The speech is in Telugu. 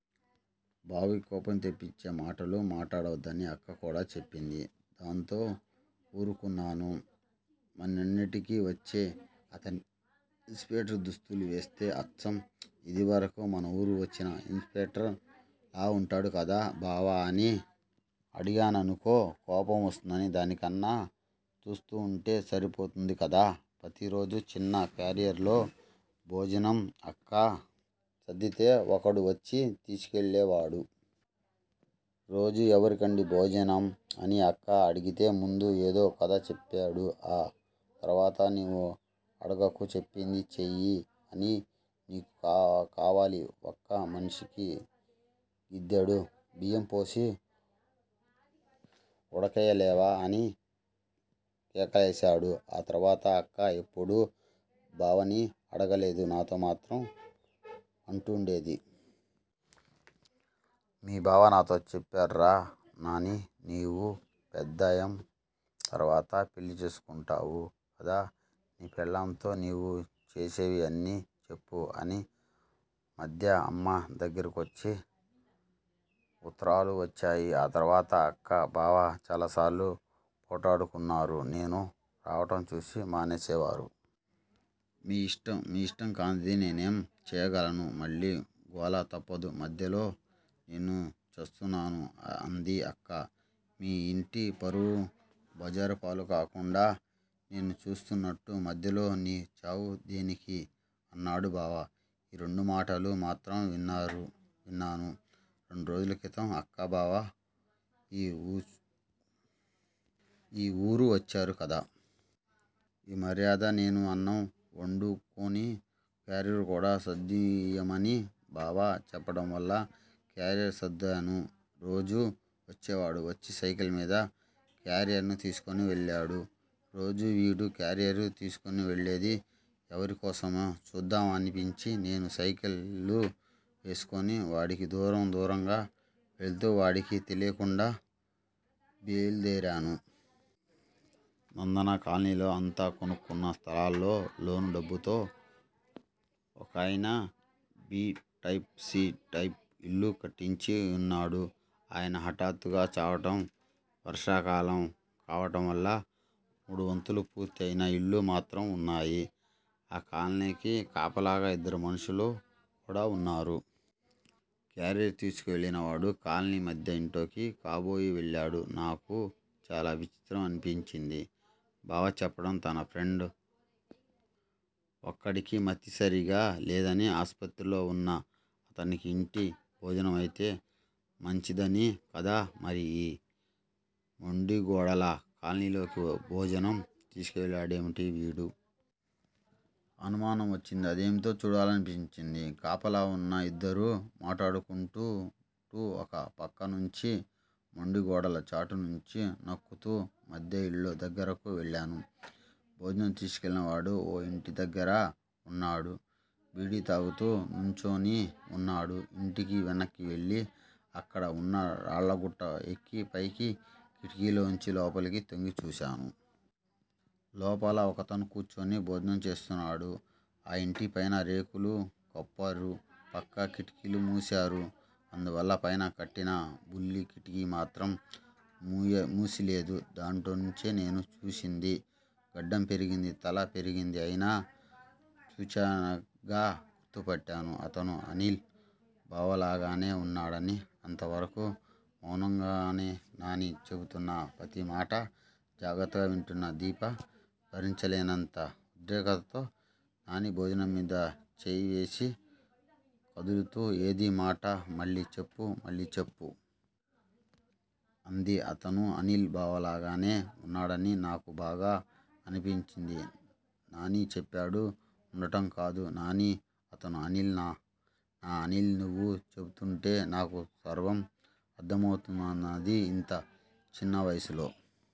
బావకి కోపం తెప్పించేమాటలు మాట్లాడవద్దని అక్క కూడా చెప్పింది. దాంతో వూరుకున్నాను. మనింటికి వచ్చే అతనికి ఇన్ స్పెక్టర్ దుస్తులువేస్తే అచ్చం ఇదివరకు మనవూరు వచ్చిన ఇన్ స్పెక్టర్ లా వుంటాడు కదా బావా! అని అడిగాననుకో కోపం వస్తుంది దానికన్నా చూస్తూవుంటే సరిపోతుందికదా! ప్రతిరోజు చిన్న క్యారియర్ లో భోజనం అక్క సర్దితే వకడు వచ్చి తీసుకెళ్ళేవాడు. రోజూ ఎవరికండీ భోజనం! అని అక్క అడిగితే ముందు ఏదో కధ చెప్పాడు. ఆ తర్వాత నీవు అడగకు చెప్పింది చేయి అన్నీ నీకే కావాలి. వక్క మనిషికి గిద్దెడు బియ్యం పోసి వుడకెయ్యలేవా! అని కేకలేసాడు. ఆ తర్వాత అక్క ఎప్పుడూ బావని అడగలేదు నాతో మాత్రం అంటుండేది. మీ బావ నాతో చెప్పరురా నానీ! నీవు పెద్దయం తరువాత పెళ్ళి చేసుకుంటావు కదా, నీ పెళ్ళాంతో నీవు చేసేవి అన్నీ చెప్పు. అని. ఈ మధ్య అమ్మ దగ్గరకు వచ్చి వుత్తరాలు వచ్చాయి. ఆ తర్వాత అక్క బావ చాలాసార్లు పోట్లాడుకున్నారు. నేను రావటం చూసి మానేసేవారు. మీ యిష్టం. మీ యిష్టంకాదని నేనేం చేయగలను. మళ్లీ గోల తప్పదు మధ్యలో నేను చస్తున్నాను. అంది అక్క. మీ ఇంటి పరువు బజారుపాలు కాకుండా నేను చూసుతున్నటు మధ్యలో నీ చావు దేనికి! అన్నాడు బావ. ఈ రెండు మాటలు మాత్రం విన్నాను. రెండురోజుల క్రితం అక్కా బావ ఈ వూరువచ్చారు కదా. ఆ మర్యాద నేను అన్నం వండుకుని క్యారియర్ కూడా సర్దియిమ్మని బావ చెప్పటంవల్ల క్యారియర్ సర్దాను. రోజూ వచ్చేవాడు వచ్చి సైకిల్ మీద క్యారియర్ నుతీసుకుని వెళ్ళాడు. రోజూ వీడు క్యారియరు తీసుకువెళ్ళేది ఎవరికోసమో చూద్దాం అనిపించి నేను సైకిలు వేసుకుని వాడికి దూరం దూరంగ వెళుతూ వాడికి తెలియకుండా జెలుదేరాను. నందన కాలనీలో అంతా కొనుక్కున్న స్థలాలలో లోను డబ్బుతో వకాయన బి టైపు, సి టైపు ఇల్లు కట్టించి యూన్నాడు. ఆయన హటాత్తుగా చావటం వర్షాకాలం, కావటం వల్ల మూడువంతుల పూర్తి అయిన ఇళ్ళు మాత్రం వున్నాయి. ఆ కాలనీకి కాపలాగా ఇద్దరు మనుషులు కూడా వున్నారు. క్యారియరు తీసుకువెళ్ళినవాడు కాలనీ మధ్య ఇంట్లోకి కాబోలు వెళ్లాడు. నాకు చాలా విచిత్రం అనిపించింది. బావ చెప్పడం తన ఫ్రెండ్ వకడికి మతి సరీగ లేదని ఆస్పత్రిలో వున్న అతనికి ఇంటి భోజనం అయితే మంచిదని కదా! మరి ఈ మొండిగోడల కాలనీలోకి భోజనం తీసుకెళ్ళాడేమిటి అనుమానం వచ్చింది. అదేదో చూడాలనిపించింది. కాపలావున్న యిద్దరు మాట్లాడుకుంటుంటే ఓ పక్క నుంచి మొండి గోడల చాటునుంచి నక్కుతూ మధ్య యిళ్ళ దగ్గరకు వెళ్లాను. భోజనం తీసుకెళ్ళినవాడు ఓ యింటిదగ్గర వున్నాడు. బీడీ తాగుతూ నుంచుని వున్నాడు. యింటి వెనక్కి వెళ్ళి అక్కడ వున్న రాళ్ళగుట్ట ఎక్కి పై కిటికీలోంచి లోపలికి తొంగి చూశాను. లోపల వకతను కూర్చుని భోజనం చేస్తున్నాడు. ఆ యింటికి పైన రేకులు కప్పారు. పక్క కిటికీలు మూసేశారు. అందువల్ల పైన కట్టిన బుల్లి కిటికీ మాత్రం మూసిలేదు. దాంట్లోంచే నేను చూసింది. గడ్డం పెరిగింది. తల పెరిగింది అయినా చూచాయిగ గుర్తుపట్టాను. అతను అనిల్ బావలాగానే వున్నాడని అంతవరకూ మౌనంగా నాని చెపుతున్న ప్రతిమాట జాగ్రత్తగ వింటున్న దీప భరించలేనంత ఉద్రేకంతో నాని భుజంమీద చేయివేసి కుదుపుతూ ఏదీ ఈ మాట మళ్ళీ చెప్పు, మళ్ళీ చెప్పు. అంది. అతను అనిల్ బావలాగానే వున్నాడని నాకు బాగా అనిపించింది. నాని చెప్పాడు. ఉండటం కాదు నానీ! అతను అనిల్ నా అనిల్ నీవు చెపుతుంటే నాకు సర్వం అర్ధమవుతున్నది. ఇంత చిన్న వయసులో